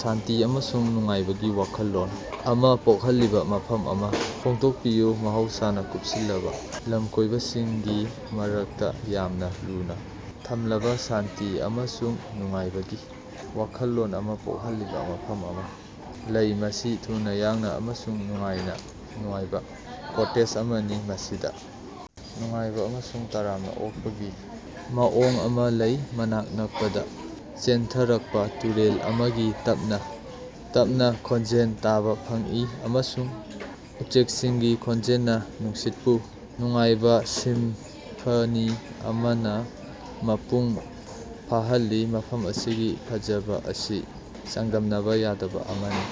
ꯁꯥꯟꯇꯤ ꯑꯃꯁꯨꯡ ꯅꯨꯡꯉꯥꯏꯕꯒꯤ ꯋꯥꯈꯜꯂꯣꯟ ꯑꯃ ꯄꯣꯛꯍꯜꯂꯤꯕ ꯃꯐꯝ ꯑꯃ ꯐꯣꯡꯗꯣꯛꯄꯤꯌꯨ꯫ ꯃꯍꯧꯁꯥꯅ ꯀꯨꯄꯁꯤꯜꯂꯕ ꯂꯝꯀꯣꯏꯕꯁꯤꯡꯒꯤ ꯃꯔꯛꯇ ꯌꯥꯝꯅ ꯂꯨꯅ ꯊꯝꯂꯕ ꯁꯥꯟꯇꯤ ꯑꯃꯁꯨꯡ ꯅꯨꯡꯉꯥꯏꯕꯒꯤ ꯋꯥꯈꯜꯂꯣꯟ ꯑꯃ ꯄꯣꯛꯍꯜꯂꯤꯕ ꯃꯐꯝ ꯑꯃ ꯂꯩ꯫ ꯃꯁꯤ ꯊꯨꯅ ꯌꯥꯡꯅ ꯑꯃꯁꯨꯡ ꯅꯨꯡꯉꯥꯏꯕ ꯀꯣꯇꯦꯖ ꯑꯃꯅꯤ꯫ ꯃꯁꯤꯗ ꯅꯨꯡꯉꯥꯏꯕ ꯑꯃꯁꯨꯡ ꯇꯔꯥꯝꯅ ꯑꯣꯛꯄꯒꯤ ꯃꯑꯣꯡ ꯑꯃ ꯂꯩ꯫ ꯃꯅꯥꯛ ꯅꯀꯄꯗ ꯆꯦꯟꯊꯔꯛꯄ ꯇꯨꯔꯦꯜ ꯑꯃꯒꯤ ꯇꯞꯅ ꯇꯞꯅ ꯈꯣꯟꯖꯦꯜ ꯇꯥꯕ ꯐꯪꯏ꯫ ꯑꯃꯁꯨꯡ ꯎꯆꯦꯛꯁꯤꯡꯒꯤ ꯈꯣꯟꯖꯦꯜꯅ ꯅꯨꯡꯁꯤꯠꯄꯨ ꯅꯨꯡꯉꯥꯏꯍꯟꯕ ꯁꯤꯝꯐꯅꯤ ꯑꯃꯅ ꯃꯄꯨꯡ ꯐꯥꯍꯜꯂꯤ꯫ ꯃꯐꯝ ꯑꯁꯤꯒꯤ ꯐꯖꯕ ꯑꯁꯤ ꯆꯥꯡꯗꯝꯅꯕ ꯌꯥꯗꯕ ꯑꯃꯅꯤ꯫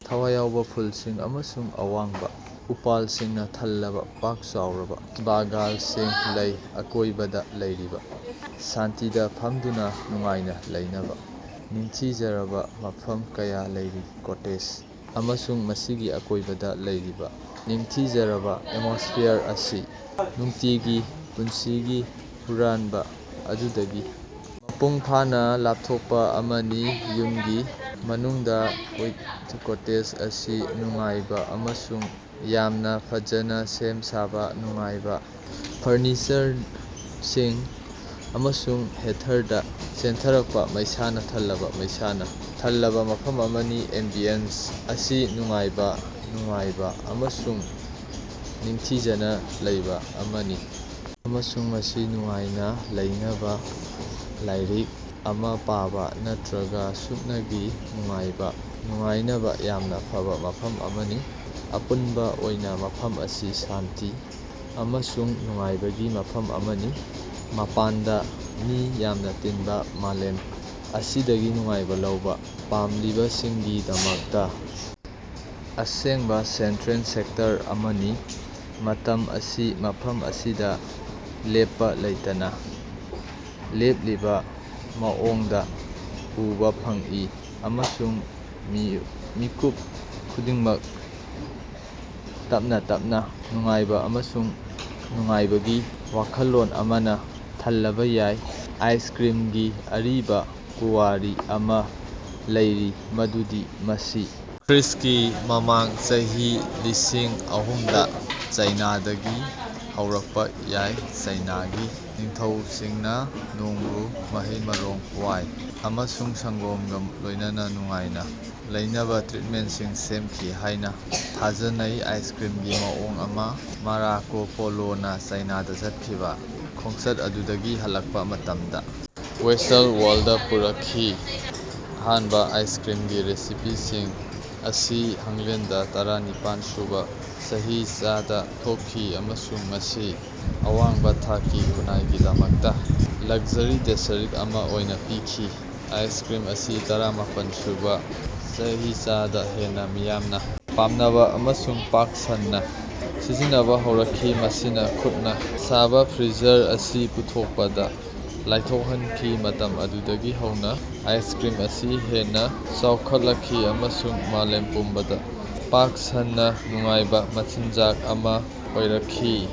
ꯊꯋꯥꯏ ꯌꯥꯎꯕ ꯐꯨꯜꯁꯤꯡ ꯑꯃꯁꯨꯡ ꯑꯋꯥꯡꯕ ꯎꯄꯥꯜꯁꯤꯡꯅ ꯊꯜꯂꯕ ꯄꯥꯛ ꯆꯥꯎꯔꯕ ꯕꯥꯒꯥꯟꯁꯤꯡ ꯂꯩ꯫ ꯑꯀꯣꯏꯕꯗ ꯂꯩꯔꯤꯕ ꯁꯥꯟꯇꯤꯗ ꯐꯝꯗꯨꯅ ꯅꯨꯡꯉꯥꯏꯅ ꯂꯩꯅꯕ ꯅꯤꯡꯊꯤꯖꯔꯕ ꯃꯐꯝ ꯀꯌꯥ ꯂꯩꯔꯤ꯫ ꯀꯣꯇꯦꯖ ꯑꯃꯁꯨꯡ ꯃꯁꯤꯒꯤ ꯑꯀꯣꯏꯕꯗ ꯂꯩꯔꯤꯕ ꯅꯤꯡꯊꯤꯖꯔꯕ ꯑꯦꯠꯃꯣꯁ꯭ꯐꯤꯌꯥꯔ ꯑꯁꯤ ꯅꯨꯡꯇꯤꯒꯤ ꯄꯨꯟꯁꯤꯒꯤ ꯍꯨꯔꯥꯟꯕ ꯑꯗꯨꯗꯒꯤ ꯃꯄꯨꯡ ꯐꯥꯅ ꯂꯥꯄꯊꯣꯛꯄ ꯑꯃꯅꯤ꯫ ꯌꯨꯝꯒꯤ ꯃꯅꯨꯡꯗ ꯀꯣꯇꯦꯖ ꯑꯁꯤ ꯅꯨꯡꯉꯥꯏꯕ ꯑꯃꯁꯨꯡ ꯌꯥꯝꯅ ꯐꯖꯅ ꯁꯦꯝ ꯁꯥꯕ ꯅꯨꯡꯉꯥꯏꯕ ꯐꯔꯅꯤꯆꯔꯁꯤꯡ ꯑꯃꯁꯨꯡ ꯍꯦꯔꯊꯇꯥ ꯆꯦꯟꯊꯔꯛꯄ ꯃꯩꯁꯥꯅ ꯊꯜꯂꯕ ꯃꯩꯁꯥꯅ ꯊꯜꯂꯕ ꯃꯐꯝ ꯑꯃꯅꯤ꯫ ꯑꯦꯝꯕꯤꯌꯟꯁ ꯑꯁꯤ ꯅꯨꯡꯉꯥꯏꯕ ꯅꯨꯡꯉꯥꯏꯕ ꯑꯃꯁꯨꯡ ꯅꯤꯡꯊꯤꯖꯅ ꯂꯩꯕ ꯑꯃꯅꯤ꯫ ꯑꯃꯁꯨꯡ ꯃꯁꯤ ꯅꯨꯡꯉꯥꯏꯅ ꯂꯩꯅꯕ ꯂꯥꯏꯔꯤꯛ ꯑꯃ ꯄꯥꯕꯥ ꯅꯠꯇ꯭ꯔꯒ ꯁꯨꯞꯅꯒꯤ ꯅꯨꯡꯉꯥꯏꯕ ꯅꯨꯡꯉꯥꯏꯅꯕ ꯌꯥꯝꯅ ꯐꯕ ꯃꯐꯝ ꯑꯃꯅꯤ꯫ ꯑꯄꯨꯟꯕ ꯑꯣꯏꯅ ꯃꯐꯝ ꯑꯁꯤ ꯁꯥꯟꯇꯤ ꯑꯃꯁꯨꯡ ꯅꯨꯡꯉꯥꯏꯕꯒꯤ ꯃꯐꯝ ꯑꯃꯅꯤ꯫ ꯃꯄꯥꯟꯗ ꯃꯤ ꯌꯥꯝꯅ ꯇꯤꯟꯕ ꯃꯥꯂꯦꯝ ꯑꯁꯤꯗꯒꯤ ꯅꯨꯡꯉꯥꯏꯕ ꯂꯧꯕ ꯄꯥꯝꯂꯤꯕꯁꯤꯡꯒꯤꯗꯃꯛꯇ ꯑꯁꯦꯡꯕ ꯁꯦꯟꯇ꯭ꯔꯦꯜ ꯁꯦꯛꯇꯔ ꯑꯃꯅꯤ꯫ ꯃꯇꯝ ꯑꯁꯤ ꯃꯐꯝ ꯑꯁꯤꯗ ꯂꯦꯞꯄ ꯂꯩꯇꯅ ꯂꯦꯞꯂꯤꯕ ꯃꯑꯣꯡꯗ ꯎꯕ ꯐꯪꯏ꯫ ꯑꯃꯁꯨꯡ ꯃꯤꯀꯨꯞ ꯈꯨꯗꯤꯡꯃꯛ ꯇꯞꯅ ꯇꯞꯅ ꯅꯨꯡꯉꯥꯏꯕ ꯑꯃꯁꯨꯡ ꯅꯨꯡꯉꯥꯏꯕꯒꯤ ꯋꯥꯈꯜꯂꯣꯟ ꯑꯃꯅ ꯊꯜꯂꯕ ꯌꯥꯏ꯫ ꯑꯥꯏꯁꯀ꯭ꯔꯤꯝꯒꯤ ꯑꯔꯤꯕ ꯄꯨꯋꯥꯔꯤ ꯑꯃ ꯂꯩꯔꯤ ꯃꯗꯨꯗꯤ ꯃꯁꯤ ꯈ꯭ꯔ꯭ꯤꯁ꯭ꯇꯒꯤ ꯃꯃꯥꯡ ꯆꯍꯤ ꯂꯤꯁꯤꯡ ꯑꯍꯨꯝꯗ ꯆꯥꯏꯅꯥꯗꯒꯤ ꯍꯧꯔꯛꯄ ꯌꯥꯏ꯫ ꯆꯥꯏꯅꯥꯒꯤ ꯅꯤꯡꯊꯧꯁꯤꯡꯅ ꯅꯣꯡꯕꯨ ꯃꯍꯩ-ꯃꯔꯣꯡ, ꯋꯥꯏ ꯑꯃꯁꯨꯡ ꯁꯪꯒꯣꯝꯒ ꯂꯣꯏꯅꯅ ꯅꯨꯡꯉꯥꯏꯅ ꯂꯩꯅꯕ ꯇ꯭ꯔꯤꯠꯃꯦꯟꯇꯁꯤꯡ ꯁꯦꯝꯈꯤ ꯍꯥꯏꯅ ꯊꯥꯖꯅꯩ꯫ ꯑꯥꯏꯁꯀ꯭ꯔꯤꯃꯒꯤ ꯃꯑꯣꯡ ꯑꯃ ꯃꯥꯔꯀꯣ ꯄꯣꯂꯣꯅꯥ ꯆꯥꯏꯅꯥꯗ ꯆꯠꯈꯤꯕ ꯈꯣꯡꯆꯠ ꯑꯗꯨꯗꯒꯤ ꯍꯜꯂꯛꯄ ꯃꯇꯝꯗ ꯋꯦꯁ꯭ꯇꯔꯟ ꯋꯥꯔꯜꯗ ꯗ ꯄꯨꯔꯛꯈꯤ꯫ ꯑꯍꯥꯟꯕ ꯑꯥꯏꯁꯀ꯭ꯔꯤꯝꯒꯤ ꯔꯦꯁꯤꯄꯤꯁꯤꯡ ꯑꯁꯤ ꯏꯪꯂꯦꯟꯗ ꯗ ꯇꯔꯥ ꯅꯤꯄꯥꯜ ꯁꯨꯕ ꯆꯍꯤꯆꯥꯗ ꯊꯣꯛꯈꯤ ꯫ ꯑꯃꯁꯨꯡ ꯃꯁꯤ ꯑꯋꯥꯡꯕ ꯊꯥꯛꯀꯤ ꯈꯨꯟꯅꯥꯏꯒꯤꯗꯃꯛꯇ ꯂꯛꯖꯔꯤ ꯗꯦꯁꯔꯠ ꯑꯃ ꯑꯣꯏꯅ ꯄꯤꯈꯤ꯫ ꯑꯥꯏꯁꯀ꯭ꯔꯤꯝ ꯑꯁꯤ ꯇꯔꯥꯃꯥꯄꯜ ꯁꯨꯕ ꯆꯍꯤꯆꯥꯗ ꯍꯦꯟꯅ ꯃꯤꯌꯥꯝꯅ ꯄꯥꯝꯅꯕ ꯑꯃꯁꯨꯡ ꯄꯥꯛ ꯁꯟꯅ ꯁꯤꯖꯤꯟꯅꯕ ꯍꯧꯔꯛꯈꯤ꯫ ꯃꯁꯤꯅ ꯈꯨꯠꯅ ꯁꯥꯕ ꯐ꯭ꯔꯤꯖꯔ ꯑꯁꯤ ꯄꯨꯊꯣꯛꯄꯗ ꯂꯥꯏꯊꯣꯛꯍꯟꯈꯤ꯫ ꯃꯇꯝ ꯑꯗꯨꯗꯒꯤ ꯍꯧꯅ ꯑꯥꯏꯁꯀ꯭ꯔꯤꯝ ꯑꯁꯤ ꯍꯦꯟꯅ ꯆꯥꯎꯈꯠꯂꯛꯈꯤ ꯫ꯑꯃꯁꯨꯡ ꯃꯥꯂꯦꯝ ꯄꯨꯝꯕꯗ ꯄꯥꯛ ꯁꯟꯅ ꯅꯨꯡꯉꯥꯏꯕ ꯃꯆꯤꯟꯖꯥꯛ ꯑꯃ ꯑꯣꯏꯔꯛꯈꯤ꯫